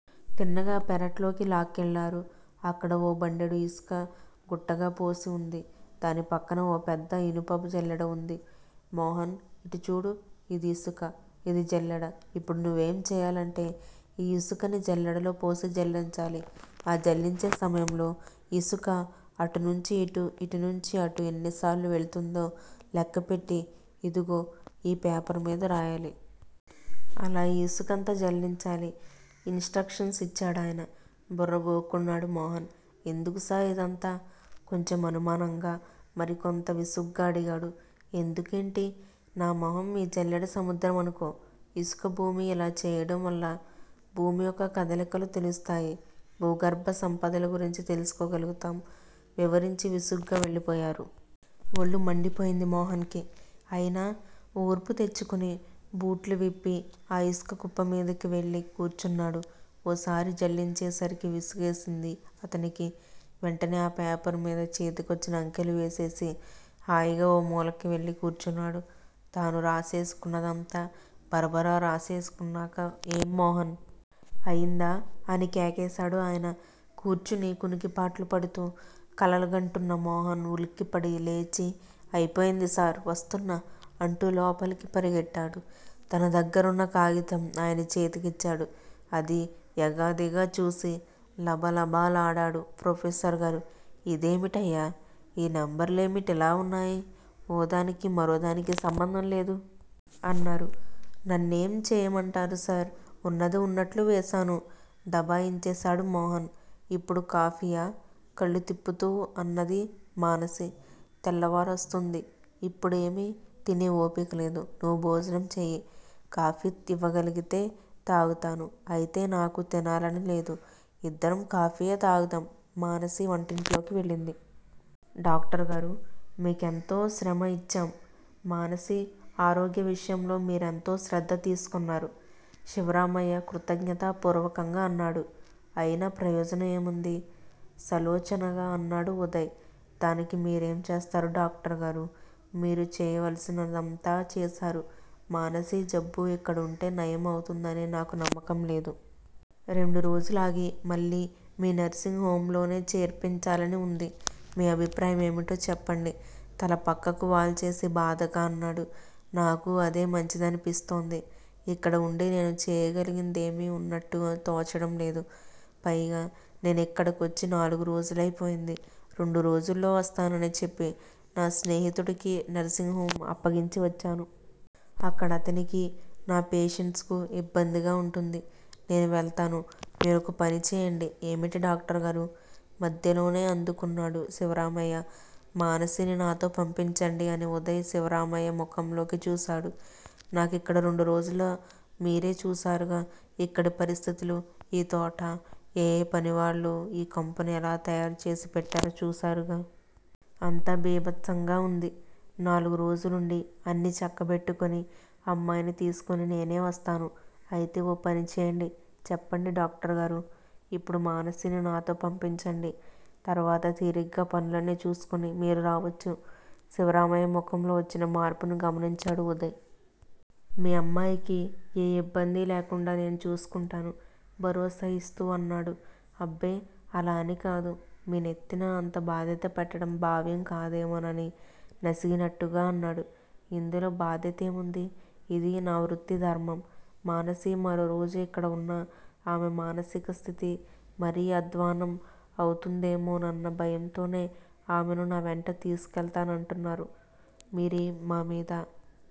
తిన్నగా పెరట్లోకి లాక్కెళ్ళారు. అక్కడ ఓ బండెడు ఇసుక గుట్టగాపోసి వుంది. దాని పక్కన ఓ పెద్ద ఇనుప జల్లెడ వుంది. మోహన్! ఇటుచూడు. యిది ఇసుక. ఇది జల్లెడ యిప్పుడు నువ్వేం చెయ్యాలంటే ఈ ఇసుకని జల్లెడలో పోసి జల్లించాలి. ఆ జల్లించే సమయంలో ఇసుక అటు నుంచి ఇటు, ఇటునుంచి అటు ఎన్నిసార్లు వెళుతుందో లెక్కపెట్టి యిదుగో ఈ పేపరుమీద రాయాలి. అలా ఈ ఇసుకంతా జల్లించాలి! ఇన్ స్ట్రక్షన్స్ యిచ్చాడాయన. బుర్రగోక్కున్నాడు మోహన్. ఎందుకుసార్ యిదంతా? కొంచెం అనుమానంగా, మరికొంత విసుగ్గా అడిగాడు. ఎందుకేంటి నామొహం ఈ జల్లెడ సముద్రమనుకో, యిసుకభూమి, యిలా చెయ్యడంవల్ల భూమి యొక్క కదలికలు తెలుస్తాయి. భూగర్భ సంపదలు గురించి తెలుసుకోగలుగుతాం! వివరించి విసుగ్గా వెళ్ళిపోయారు. ఒళ్ళు మండిపోయింది మోహన్ కి. అయినా ఓర్పు తెచ్చుకుని బూట్లువిప్పి ఆ ఇసుక కుప్పమీదకి వెళ్ళి కూర్చున్నాడు. ఓసారి జల్లించేసరికి విసుగేసింది అతనికి. వెంటనే ఆ పేపరుమీద చేతికొచ్చిన అంకెలు వేసేసి హాయిగా ఓ మూలకి వెళ్ళికూర్చున్నాడు. తను రాసేసుకున్నదంతా బరబరా రాసేసుకున్నాక ఏం మోహన్! అయిందా అని కేకేశాడు ఆయన. కూర్చుని కునికిపాట్లుపడుతూ కలలుగంటున్న మోహన్ ఉలిక్కిపడి లేచి అయిపోయింది సార్ వస్తున్నా! అంటూ లోపలికి పరిగెట్టాడు. తన దగ్గరున్న కాగితం ఆయన చేతికిచ్చాడు. అది ఎగాదిగాచూసి లబలబలాడాడు ప్రొఫెసర్ గారు ఇదేమిటయ్యా! ఈ నెంబరులేమిటిలా వున్నాయి. ఓ దానికి మరో దానికి సంబంధంలేదు? అన్నారు. నన్ను ఏం చెయ్యమంటారుసార్! వున్నది వున్నట్లు వేశాను. దబాయించేశాడు మోహన్. ఇప్పుడు కాఫీయా? కళ్ళు తిప్పుతూ అన్నాది మానసి. తెల్లవారొస్తూంది. ఇప్పుడేమీ తినే ఓపిక లేదు. నువ్వు భోజనం చెయ్యి. కాఫీ ఇవ్వగలిగితే తాగుతాను. అయితే నాకూ తినాలనిలేదు. ఇద్దరం కాఫీయే తాగుదాం. మానసి వంటింట్లోకి వెళ్ళింది. డాక్టర్ గారూ! మీకెంతో శ్రమ ఇచ్చ్చాం. మానసి ఆరోగ్య విషయంలో మీరెంతో శ్రద్ధ తీసుకొన్నారు. శివరామయ్య కృతజ్ఞతా పూర్వకంగా అన్నాడు. అయినా ప్రయోజనం ఏముందీ? సాలోచనగా అన్నాడు ఉదయ్. దానికి మీరేం చేస్తారు డాక్టర్ గారూ. మీరు చెయ్యవలసినాదంతా చేశారు. మానసి జబ్బు ఇక్కడుంటే నయం అవుతుందని నాకు నమ్మకంలేదు. రెండురోజులాగి మళ్ళీ మీ నర్సింగ్ హొంలోనే చేర్పించాలని వుంది. మీ అభిప్రాయం ఏమిటో చెప్పండి తల పక్కకు వాల్చేసి బాధగా అన్నాడు. నాకూ అదే మంచిదనిపిస్తోంది. ఇక్కడ వుండి చేయగలిగిందేమీవున్నట్టు తోచడంలేదు. పైగానేనిక్కడకొచ్చి నాలుగురోజులైపోయింది. రెండు రోజుల్లో వస్తానని చెప్పి నా స్నేహితుడికి నర్సింగ్ హొం అప్పగించి వచ్చాను. అక్కడ అతనికీ, నా పేషెంట్సుకూ ఇబ్బందిగా వుంటుంది. నేను వెళ్తాను. మీరొక పని చెయ్యండి ఏమిటి డాక్టర్ గారూ! మధ్యలోనే అందుకున్నాడు శివరామయ్య. మానసిని నాతో పంపించండి అని ఉదయ్ శివరామయ్య ముఖంలోకి చూశాడు. నాకిక్కడ రెండురోజుల మీరే చూశారుగా ఇక్కడి పరిస్థితులు? ఈ తోటా ఏఎ పనివాళ్ళూ ఈ కొంపను ఎలా తయారు చేసి పెట్టారో చూశారుగా. అంతా భీభత్సంగా ఉంది! నాలుగురోజులుండి, అన్నీ చక్కబెట్టుకొని, అమ్మాయిని తీసుకొని నేనే వస్తాను. అయితే ఓ పని చెయ్యండి చెప్పండి డాక్టర్ గారూ! ఇప్పుడు మానసిని నాతో పంపించండి తర్వాత తీరిగ్గా పనులన్నీ చూసుకొని మీరు రావచ్చు. శివరామయ్య ముఖంలో వచ్చిన మార్పును గమనించాడు ఉదయ్. మీ అమ్మాయికి ఏ ఇబ్బందీ లేకుండా నేను చూసుకుంటాను భరోసా ఇస్తూ అన్నాడు. అబ్బే అలా అనికాదు. మీ నెత్తిన అంత బాధ్యత పెట్టడం భావ్యం కాదేమోనని నసిగినట్టుగా అన్నాడు. ఇందులో భాధ్యతేముంది ఇది నా వృత్తిధర్మం. మానసి మరో రోజు ఇక్కడ వున్నా ఆమె మానసిక స్థితి మరీ అధ్వాన్నం అవుతుందేమోనన్న భయంతోనే ఆమెను నావెంట తీసుకెళ్తానంటున్నాను. మీరు మామీద